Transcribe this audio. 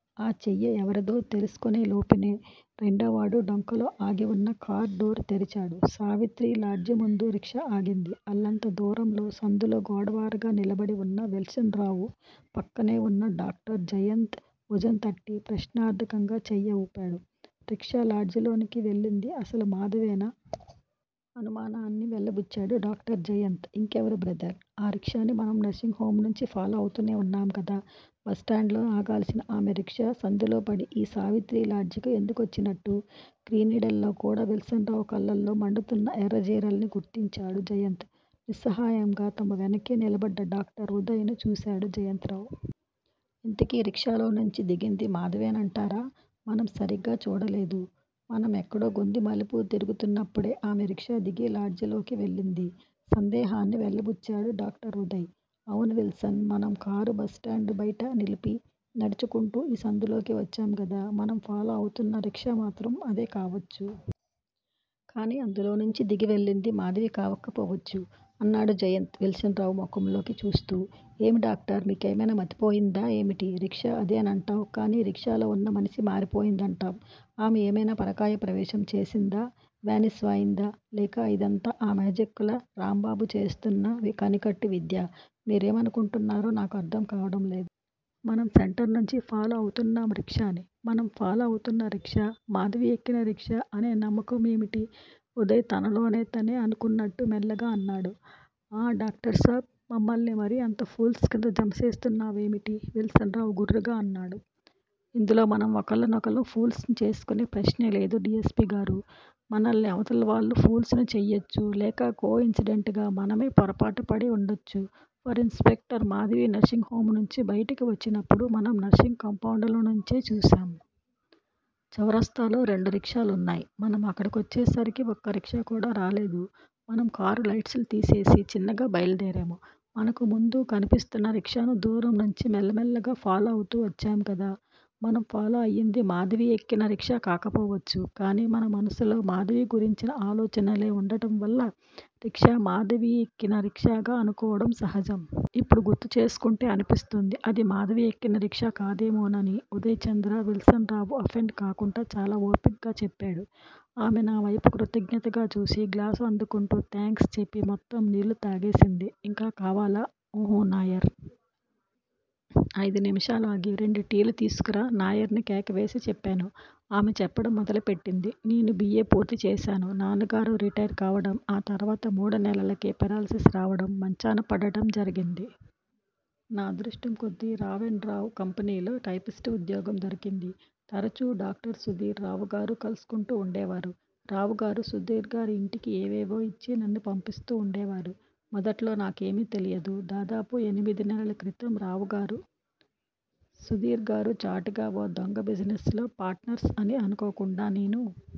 ఆ చెయ్యి ఎవరిదో తెలుసుకొనేలోపునే, రెండోవాడు డొంకలో ఆగివున్న కార్ డోర్ తెరిచాడు. సావిత్రిలాడ్జీ ముందు రిక్షా ఆగింది. అల్లంత దూరంలో సందులో గోడవారగా నిలబడివున్న విల్సన్ రావు, పక్కనేవున్న డాక్టర్ జయంత్ భుజంతట్టి ప్రశ్నార్థకంగా చెయ్యి ఊపాడు. రిక్షా లాడ్జిలోకి వెళ్ళింది అసలు మాధవేనా? అనుమానాన్ని వెలిబుచ్చాడు డాక్టర్ జయంత్. ఇంకెవరు బ్రదర్? ఆ రిక్షాని మనం నర్సింగ్ హొంనుంచి ఫాలో అవుతూనే వున్నాంగదా? బస్ స్టాండులో ఆగాల్సిన ఆమె రిక్షా సందులోపడి ఈ సావిత్రిలాడ్జికి ఎందుకొచ్చినట్టూ? క్రీనీడల్లోకూడా విల్సన్ రావు కళ్ళల్లో మండుతున్న ఎర్రజీరల్ని గుర్తించాడు జయంత్. నిస్సహాయంగా తమ వెనకే నిలబడ్డ డాక్టర్ ఉదయ్ ను చూశాడు జయంత్ రావు. ఇంతకీ రిక్షాలోనుంచి దిగింది మాధవేనంటారా? మనం సరిగా చూడలేదు. మన ఎక్కడో గొందిమలుపు తిరుగుతున్నప్పుడే ఆమె రిక్షా దిగి లాడ్జిలోకి వెళ్ళింది. సందేహాన్ని వెలిబుచ్చాడు డాక్టర్ ఉదయ్. అవును విల్సన్! మనం కారు బస్ స్టాండు బయట నిలిపి నడుచుకొంటూ ఈ సందులోకి వచ్చాంగదా? మనం ఫాలో అవుతున్న రిక్షా మాత్రం అదే కావొచ్చు. కాని అందులోనుంచి దిగి వెళ్ళింది మాధవికాకపోవచ్చు. అన్నాడు జయంత్ విల్సన్ రావు ముఖంలోకి చూస్తూ. ఏం డాక్టర్! మీకేమైనా మతిపోయిందా ఏమిటి? రిక్షా అదేనం టాప్ కాని రిక్షాలో ఉన్న మనిషి మారిపోయిందంటావ్. ఆమె ఏమైనా పరకాయ ప్రవేశం చేసిందా? వానిష్ వాయిందా? లేక ఇదంతా ఆ మేజిక్కుల రాంబాబు చేస్తున్న కనికట్టువిద్యా, మీరేమనుకొంటున్నారో నాకు అర్థంకావడంలేదు. మనం సెంటర్ నుంచి ఫాలో అవుతున్నాం రిక్షాని. మనం ఫాలో అవుతున్న రిక్షా మాధవి ఎక్కినా రిక్షా అనేనమ్మకం ఏమిటి? ఉదయ్ తనలోతనే అనుకొన్నట్టు మెల్లగా అన్నాడు. ఆఁ! డాక్టర్ సాబ్ మమ్మల్ని మరీ అంత పూల్స్ కింద జమసేస్తున్నావేమిటి? విల్సన్ రావు గుర్రుగా అన్నాడు. ఇందులో మనం ఒకళ్ళ నొకళ్ళు, పూల్స్ ను చ్సుకొనే ప్రశ్నలేదు డి. యస్. పి గారూ? మనల్ని అవతలవాళ్ళు పూల్స్ ను చెయ్యొచ్చు. లేక కో ఇన్సిడెంటల్ గా మనమే పొరపాటుపడి వుండొచ్చు. For inspector Madhavi nursing home నుంచి బయటికి వచ్చినప్పుడు మనం నర్సింగ్ కాంపౌండులోనుంచే చూశాం. చౌరాస్తాలో రెండురిక్షాలున్నాయ్. మనం అక్కడికొచ్చేసరికి ఒక్క రిక్షాకూడా రాలేదు. మనం కారు లైట్సుతీసేసి చిన్నగా బయలుదేరాం. మనకు ముందు కన్పిస్తున్న రిక్షాను దూరంనుంచి మెల్లమెల్లగా ఫాలో అవుతూ పచ్చాంగదా? మనం ఫాలో అయింది మాధవి ఎక్కినా రిక్షా కాకపోవచ్చు కాని మన మనసులో మాధవి గురించిన ఆలోచనలే ఉండటంవల్ల రిక్షా మాధవి ఎక్కినా రిక్షాగా అనుకోవడం సహజం. ఇప్పుడు గుర్తుచేసుకుంటే అన్పిస్తోంది. అది మాధవి ఎక్కినా రిక్షా కాదేమోనని ఉదయ్ చంద్ర, విల్సన్ రావు అఫెండ్ కాకుండా చాలా ఓపిగ్గా చెప్పాడు. ఆమె నా వేపు కృతజ్ఞతగా చూసి గ్లాసు అందుకుంటూ థాంక్స్ చెప్పి మొత్తం నీళ్ళు తాగేసింది. ఇంకా కావాలా? ఉహూఁ నాయర్! ఐదు నిముషాలు ఆగి రెండు టీలు తీసుకురా! నాయర్ ని కేక వేసి చెప్పాను. ఆమె చెప్పటం మొదలు పెట్టింది- నేను బి. ఏ. పూర్తి చేశాను. నాన్నగారు రిటైర్ కావటం, ఆ తర్వాత మూడు నెలలకే పెరాల్ సీస్ రావటం, మంచాన పడటం జరిగింది. నా అదృష్టం కొద్దీ రావ్ అండ్ రావ్ కంపెనీలో టైపిస్టు ఉద్యోగం దొరికింది. తరచు డాక్టర్ సుధీర్, రావుగారు కల్సుకుంటూ వుండేవారు. రావుగారు సుధీర్ గారి ఇంటికి ఏవేవో ఇచ్చి నన్ను పంపిస్తూ వుండేవారు. మొదట్లో నాకేమీ తెలియదు. దాదాపు ఎనిమిది నెలల క్రితం రావుగారు, సుధీర్ గారూ చాటుగా ఓ దొంగా బిజినెస్ లో పార్టనర్స్ అని అనుకోకుండా నేను